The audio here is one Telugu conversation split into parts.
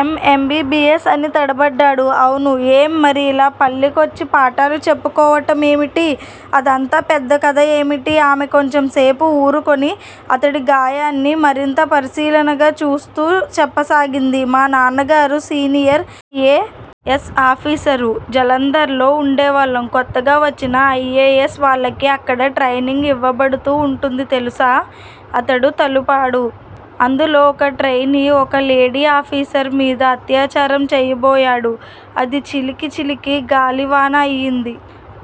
ఎమ్ ఎమ్బీ. బి. యస్. అని తడబడ్డాడు. అవును. ఏం! మరి ఇలా పల్లెకొచ్చి పాఠాలు చెప్పుకోవటం ఏమిటి? అదంతా పెద్ద కథ ఏమిటి? ఆమె కొంచెం సేపు వూరుకొని, అతడి గాయాన్ని మరింత పరిశీలనగా చూస్తూ చెప్పసాగింది. మా నాన్నగారు senior A. S. Officer Jalandhar లో వుండేవాళ్ళం కొత్తగా వచ్చిన ఐ. ఎ. యస్. వాళ్ళకి అక్కడ ట్రెయినింగ్ ఇవ్వబడుతూ వుంటుంది. తెలుసా?. అతడు తలూపాడు. అందులో ఒక ట్రెయినీ ఒక లేడీ ఆఫీసర్ మీద అత్యాచారం చెయ్యబోయాడు. అది చిలికి చిలికి గాలివాన అయ్యింది.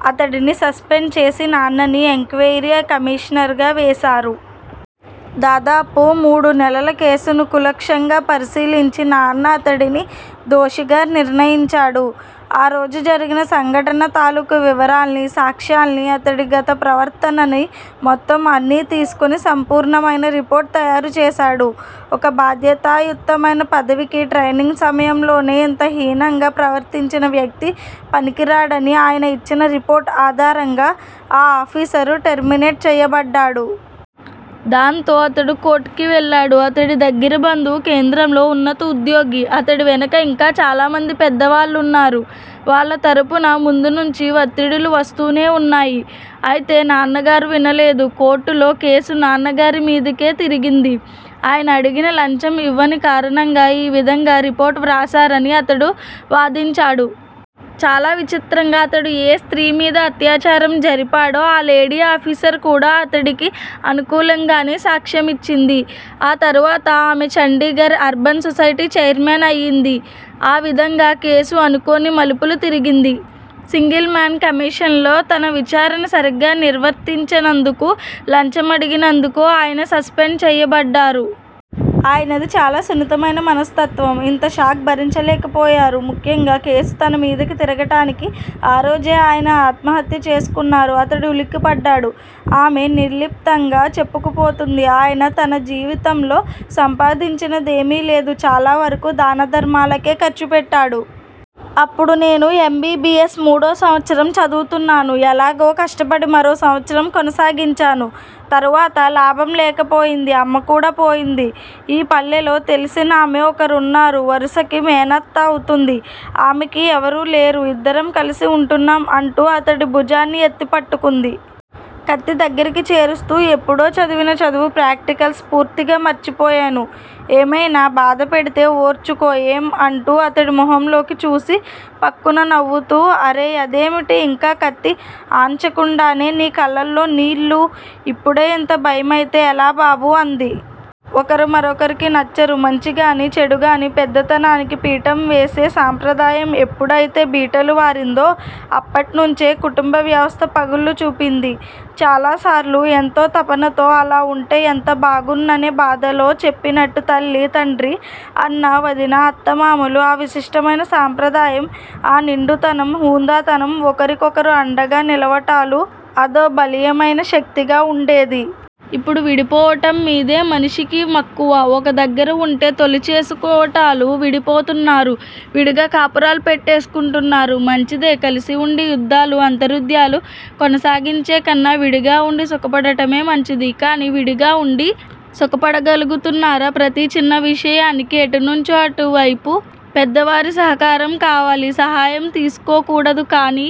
అతడిని సస్పెండ్ చేసి నాన్నని ఎంక్వయిరీ కమీషనర్ గా వేశారు. దాదాపు మూడు నెలల కేసుని కూలక్షంగా పరిశీలించి నాన్న అతడిని దోషిగా నిర్ణయించాడు. ఆ రోజు జరిగిన సంఘటన తాలూకు వివరాల్నీ, సాక్ష్యాల్నీ, అతడి గత ప్రవర్తనని, మొత్తం అన్నీ తీసుకుని సంపూర్ణమైన రిపోర్టు తయారు చేశాడు. ఒక బాధ్యతాయుతమైన పదవికి, ట్రెయినింగ్ సమయంలోనే ఇంత హీనంగా ప్రవర్తించిన వ్యక్తి పనికిరాడని ఆయన ఇచ్చిన రిపోర్టు ఆధారంగా ఆ ఆఫీసరు టెర్మినేట్ చెయ్యబడ్డాడు. దాంతో అతడు కోర్టుకి వెళ్ళాడు. అతడి దగ్గిర బంధువు కేంద్రంలో ఉన్నతోద్యోగి. అతడి వెనక ఇంకా చాలామంది పెద్దవాళ్ళున్నారు. వాళ్ళ తరఫున ముందు నుంచీ వత్తిడులు వస్తూనే వున్నాయి. అయితే నాన్నగారు వినలేదు. కోర్టులో కేసు నాన్నగారి మీదికే తిరిగింది. ఆయన అడిగిన లంచం ఇవ్వని కారణంగా ఈ విధంగ్ రిపోర్టు వ్రాశారని అతడు వాదించాడు. చాలా విచిత్రంగా అతడు ఏ స్త్రీ మీద అత్యాచారం జరిపాడో, ఆ లేడీ ఆఫీసర్ కూడా అతడికి అనుకూలంగానే సాక్ష్యమిచ్చింది. ఆ తరువాత ఆమె చండీగర్ అర్బన్ సొసైటీ ఛైర్మన్ అయింది. ఆ విధంగా కేసు అనుకోని మలుపులు తిరిగింది. సింగిల్ మాన్ కమిషన్ లో తన విచారణ సరిగా నిర్వర్తించనందుకూ, లంచం అడిగినందుకూ ఆయన సస్పెండ్ చేయబడ్డారు. ఆయనది చాలా సున్నితమైన మనస్తత్వం! ఇంత షాక్ భరించలేకపోయారు. ముఖ్యంగా కేసు తన మీదికి తిరగటానికి ఆ రోజే ఆయన ఆత్మహత్య చేసుకున్నారు అతడు ఉలిక్కిపడ్డాడు. ఆమె నిర్లిప్తంగా చెప్పుకుపోతుంది. ఆయన తన జీవితంలో సంపాదించినదేమీ లేదు. చాలా వరకు దాన ధర్మాలకే ఖర్చు పెట్టాడు. అప్పుడు నేను యం. బి. బి. యస్. మూడో సంవత్సరం చదువుతున్నాను. ఎలాగో కష్టపడి మరో సంవత్సరం కొనసాగించాను. తరువాత లాభం లేకపోయింది. అమ్మ కూడ పోయింది. ఈ పల్లెలో తెలిసినామె ఒకరున్నారు. వరుసకి మేనత్త అవుతుంది. ఆమెకి ఎవరూ లేరు. ఇద్దరం కలిసి ఉంటున్నాం అంటూ అతడి భుజాన్ని ఎత్తి పట్టుకుంది. కత్తి దగ్గిరకి చేరుస్తూ ఎప్పుడో చదివిన చదువు, ప్రాక్టికల్స్ పూర్తిగా మర్చిపోయాను. ఏమైనా బాధపెడితే ఓర్చుకో- ఏం అంటూ అతడి మొహంలోకి చూసి, ఫక్కున నవ్వుతూ అరె- అదేమిటి- ఇంకా కత్తి ఆన్చకుండానే నీ కళ్లలో నీళ్ళు? ఇప్పుడే ఇంత భయమైతే ఎలా బాబూ అంది. ఒకరు మరొకరికి నచ్చరు. మంచిగానీ, చెడుగానీ, పెద్దతనానికి పీఠం వేసే సంప్రదాయం ఎప్పుడయితే బీటలువారిందో అప్పట్నుంచే కుటుంబ వ్యవస్థ పగుళ్ళు చూపింది. చాలాసార్లు ఎంతో తపనతో, అలా వుంటే ఎంత బావున్ననే బాధలో చెప్పినట్లు తల్లి తండ్రి, అన్నా వదినా, అత్తా మామలు, ఆ విశిష్టమైన సంప్రదాయం, ఆ నిండుతనం, హుందాతనం, ఒకరికొకరు అండగా నిలవటాలు అదో బలీయమైన శక్తిగా వుండేది. ఇప్పుడు విడిపోవటం మీదే మనిషికి మక్కువ. ఒక దగ్గర వుంటే తొలిచేసుకోవటాలు. విడిపోతున్నారు. విడిగా కాపురాలు పెట్టేసుకుంటున్నారు. మంచిదే కలిసి వుండి యుద్దాలు, అంతర్యుద్దాలు కొనసాగించేకన్నా విడిగా వుండి సుఖపడటమే మంచిది. కాని విడిగా వుండి సుఖపడగలుగుతున్నారా? ప్రతి చిన్న విషయానికి ఎటునుంచో అటువైపు పెద్దవారి సహకారం కావాలి. సహాయం తీసుకోకూడదు. కాని